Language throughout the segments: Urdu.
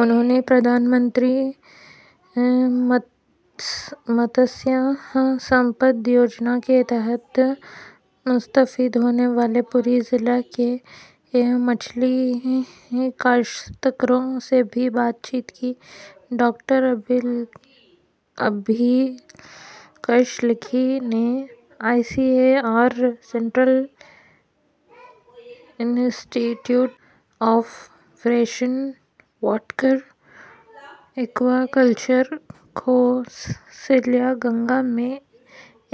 انہوں نے پردھان منتری متسیہ سمپد یوجنا کے تحت مستفید ہونے والے پوری ضلع کے مچھلی کاشتکاروں سے بھی بات چیت کی۔ ڈاکٹر ابھیلکش لکھی نے I C A R central institute of fresh water aquaculture Kausalya Ganga میں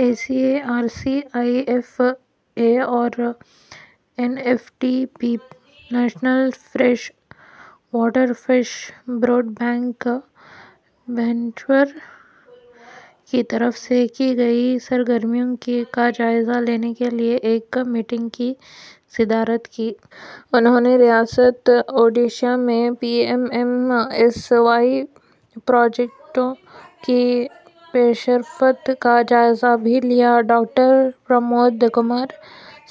I C A R C I F A اور N F D B national fresh water fish brood bank Bhubaneswar کی طرف سے کی گئی سرگرمیوں کا جائزہ لینے کے لیے ایک میٹنگ کی صدارت کی۔ انہوں نے ریاست اوڈیشہ میں P M M S Y پروجیکٹوں کی پیشرفت کا جائزہ بھی لیا۔ Doctor Pramoda Kumar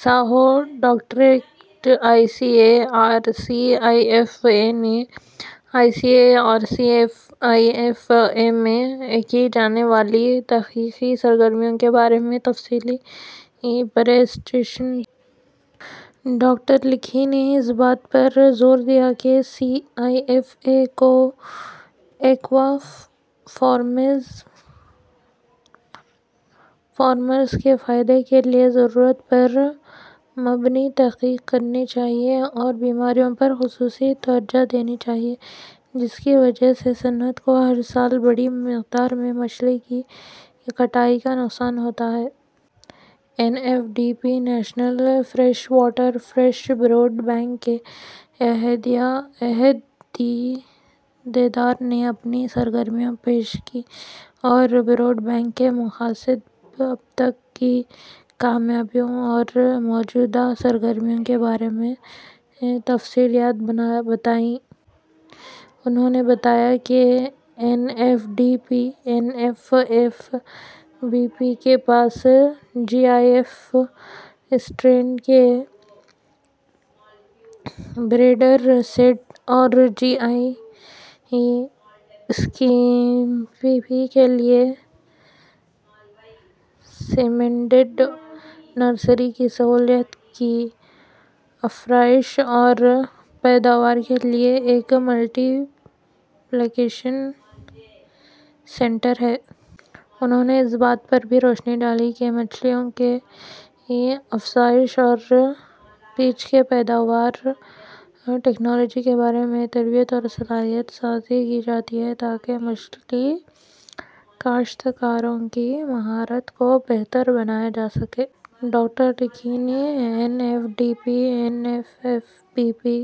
Sahoo director I C A R C I F A نے I C A R C I F A میں کی جانے والی تحقیقی سرگرمیوں کے بارے میں تفصیلی پریزنٹیشن دی۔ ڈاکٹر لکھی نے اس بات پر زور دیا کہ سی آئی ایف اے کو ایکوا فارمرز کے فائدے کے لیے ضرورت پر مبنی تحقیق کرنی چاہیے اور بیماریوں پر خصوصی توجہ دینی چاہیے جس کی وجہ سے صنعت کو ہر سال بڑی مقدار میں مچھلی کی کٹائی کا نقصان ہوتا ہے۔ N F D B national fresh water fish brood bank کے عہدیدار نے اپنی سرگرمیاں پیش کیں اور بروڈ بینک کے مقاصد اب تک کی کامیابیوں اور موجودہ سرگرمیوں کے بارے میں تفصیلات بتائیں۔ انہوں نے بتایا کہ N F D B N F F B B کے پاس جی آئی فش اسٹرین کے بریڈر سیڈ اور جی آئی اسکیمپی کے لیے سیمنٹڈ نرسری کی سہولیات کی افزائش اور پیداوار کے لیے ایک ملٹی پلیکیشن سینٹر ہے۔ انہوں نے اس بات پر بھی روشنی ڈالی کہ مچھلیوں کی افزائش اور بیج کی پیداوار ٹیکنالوجی کے بارے میں تربیت اور صلاحیت سازی کی جاتی ہے تاکہ مچھلی کاشتکاروں کی مہارت کو بہتر بنایا جا سکے۔ ڈاکٹر لکھی نے N F D B N F F B be